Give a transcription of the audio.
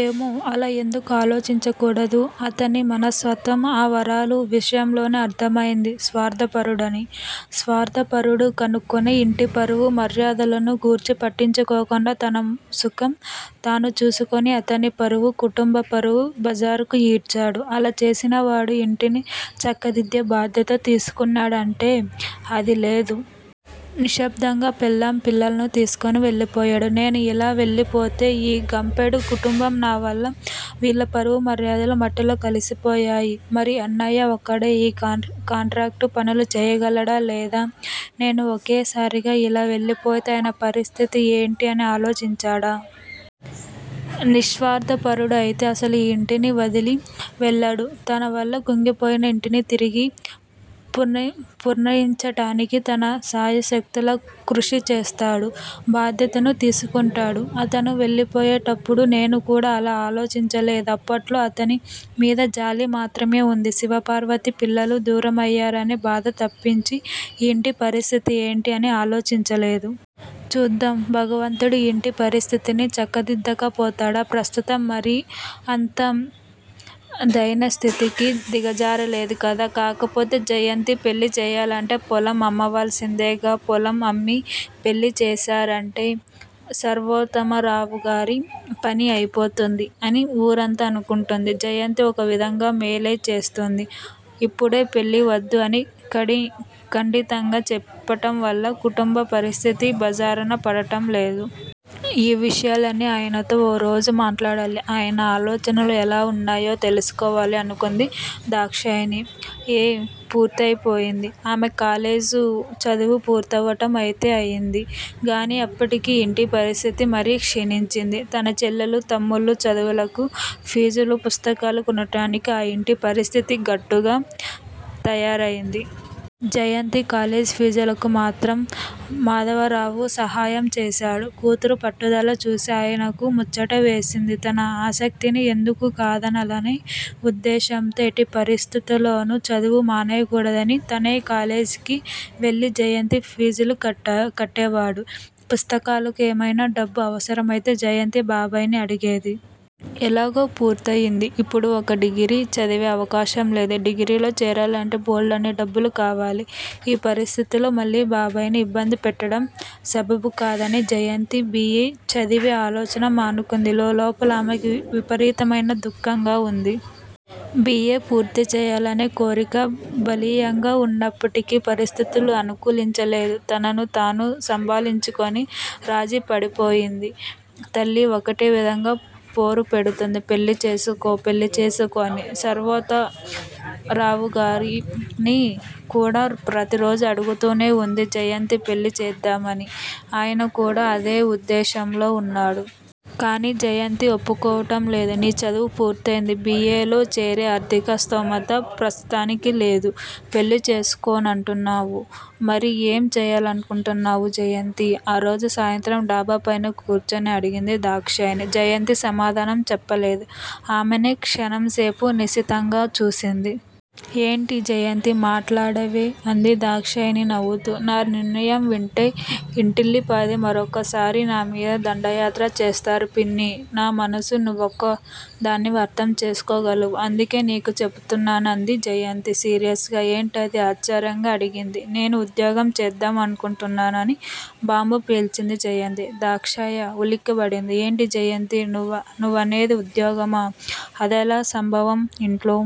ఏమో అలా ఎందుకు ఆలోచించకూడదు? అతని మనస్తత్వం ఆ వరాలు విషయంలోనే అర్ధమయింది స్వార్ధపరుడని. స్వార్ధపరుడు కనుకనే ఇంటి పరువు మర్యాదలను గూర్చి పట్టించుకోకుండా తన సుఖం తానూ చూసుకుని అతని పరువు, కుటుంబ పరువు బజారుకు ఈడ్చాడు. అలా చేసిన వాడు ఇంటిని చక్కదిద్దే భాద్యత తీసుకున్నాడు అంటే అది లేదు. నిశ్శబ్దంగా పెళ్ళాం పిల్లలను తీసుకుని వెళ్ళిపోయాడు. నేను ఇలా వెళ్ళిపోతే ఈ గంపెడు కుటుంబం నా వల్ల వీళ్ళ పరువు మర్యాదలు మట్టిలో కలిసిపోయాయి, మరి అన్నయ్య ఒక్కడే ఈ కాంట్రాక్టు పనులు చేయగలడా? లేదా? నేను ఒకేసారిగా ఇలా వెళ్ళిపోతే అయన పరిస్థితి ఏంటి అని ఆలోచించాడా? నిస్వార్ధపరుడు అయితే అసలు ఈ ఇంటిని వదిలి వవెళ్ళడు. తన వల్ల కుంగిపోయిన ఇంటిని తిరిగి పునఃనిర్మించటానికి తన శాయశక్తులా కృషి చేస్తాడు. భాద్యతను తీసుకుంటాడు. అతను వెళ్ళిపోయేటప్పుడు నేను కూడా అలా ఆలోచించలేదు. అప్పట్లో అతని మీద జాలి మాత్రమే వుంది. శివపార్వతి పిల్లలు దూరమయ్యరనే బాధ తప్పించి ఈ ఇంటి పరిస్థితి ఏంటి అని ఆలోచించలేదు. చూద్దాం భగవంతుడు ఈ ఇంటి పరిస్థితిని చక్కదిద్దకపోతాడా? ప్రస్తుతం మరీ అంత దైన్యస్థితికి దిగజారలేదు కదా? కాకపొతే జయంతి పెళ్ళి చేయాలంటే పొలం అమ్మవలసిందేగా. పొలం అమ్మి పెళ్ళి చేశారంటే సర్వోత్తమరావుగారి పని అయిపోతుంది అని ఊరంతా అనుకుంటుంది. జయంతి ఒక విధంగా మేలేచేస్తుంది. ఇప్పుడే పెళ్ళి వద్దు అని ఖండితంగా చెప్పటంవల్ల కుటుంబపరిస్థితి బజారున పడటంలేదు. ఈ విషయాలన్నీ ఆయనతో ఓరోజు మాట్లాడాలి. అయన ఆలోచనలు ఎలా వున్నాయో తెలుసుకోవాలి అనుకుంది దాక్షాయణి. ఎ. పూర్తయిపోయింది. ఆమె కాలేజి చదువు పుర్తవటం అయితే అయింది, గానీ అప్పటికి ఇంటి పరిస్థితి మరీ క్షిణించింది, తన చెల్లెలు తమ్ముళ్ళు చదువులకు ఫీజులు, పుస్తకాలు కొనటానికి ఆ ఇంటి పరిస్థితి గడ్డుగా తయారయింది. జయంతి కాలేజి ఫీజులకు మాత్రం మాధవరావు సహాయం చేశాడు. కూతురు పట్టుదల చూసి ఆయనకు ముచ్చట వేసింది. తన ఆసక్తిని ఎందుకు కాదనలనే ఉద్దేశంతో ఎట్టి పరిస్థితిల్లోను చదువు మానేయకుడదని తనే కాలేజికి వెళ్ళి జయంతి ఫీజులు కట్టేవాడు. పుస్తకాలకు ఏమైనా డబ్బు అవసరమైతే జయంతి బాబాయ్ ని అడిగేది. ఎలాగో పూర్తయింది. ఇప్పుడు ఇక డిగ్రి చదివే అవకాశం లేదు. డిగ్రీలో చేరాలంటే బోల్డన్ని డబ్బులు కావాలి. ఈ పరిస్థితుల్లో మళ్ళీ బాబాయ్ ని ఇబ్బంది పెట్టడం సబబు కాదని జయంతి బి. ఎ. చదివే ఆలోచన మానుకుంది. లోలోపల ఆమెకు విపరీతమైన దుఃఖంగా వుంది. బి. ఎ. పూర్తిచేయాలనే కోరిక బలీయంగా వున్నప్పటికీ పరిస్థితులు అనుకూలించలేదు. తనను తాను సంభాళించుకుని రాజీపడిపోయింది. తల్లీ ఒకటే విధంగా పోరుపెడుతుంది పెళ్ళి చేసుకో, పెళ్ళి చేసుకో అని, సర్వోత్తమరావుగారిని కూడా ప్రతిరోజూ అడుగుతూనే వుంది జయంతి పెళ్ళిచేద్దామని. అయన కూడా అదే వుద్దేశంలో వున్నాడు. కానీ జయంతి ఒప్పుకోవటంలేదు. నీ చదువు పూర్తయింది. బి. ఎ. లో చేరే ఆర్ధిక స్థోమత ప్రస్తుతానికి లేదు. పెళ్ళిచేసుకోనంటున్నావు మరి ఏం చేయాలనుకుంటున్నావు జయంతీ? ఆరోజు సాయంత్రం డాబాపైన కూర్చుని అడిగింది దాక్షాయణి. జయంతి సమాధానం చెప్పలేదు. ఆమెనే క్షణం సేపు నిశితంగా చూసింది. ఏంటి జయంతీ! మాట్లాడవే అంది దాక్షాయణి నవ్వుతూ. నా నిర్ణయం వింటే ఇంటిల్లిపాదీ మరొకసారి నామీద దండయాత్ర చేస్తారు పిన్నీ! నా మనసు నువ్వొక్కదానివే అర్ధం చేసుకోగలవు. అందుకే నీకు చెపుతున్నాను. అంది జయంతి సీరియస్ గా. ఏంటది!? ఆశ్చర్యంగా అడిగింది. నేను ఉద్యోగం చేద్దామనుకుంటున్నాను అని బాంబు పేల్చింది జయంతి. దాక్షాయ ఉలిక్కిపడింది. ఏంటి జయంతీ! నువ్వనేది ఉద్యోగమా? అదెలా సంభవం? ఇంట్లో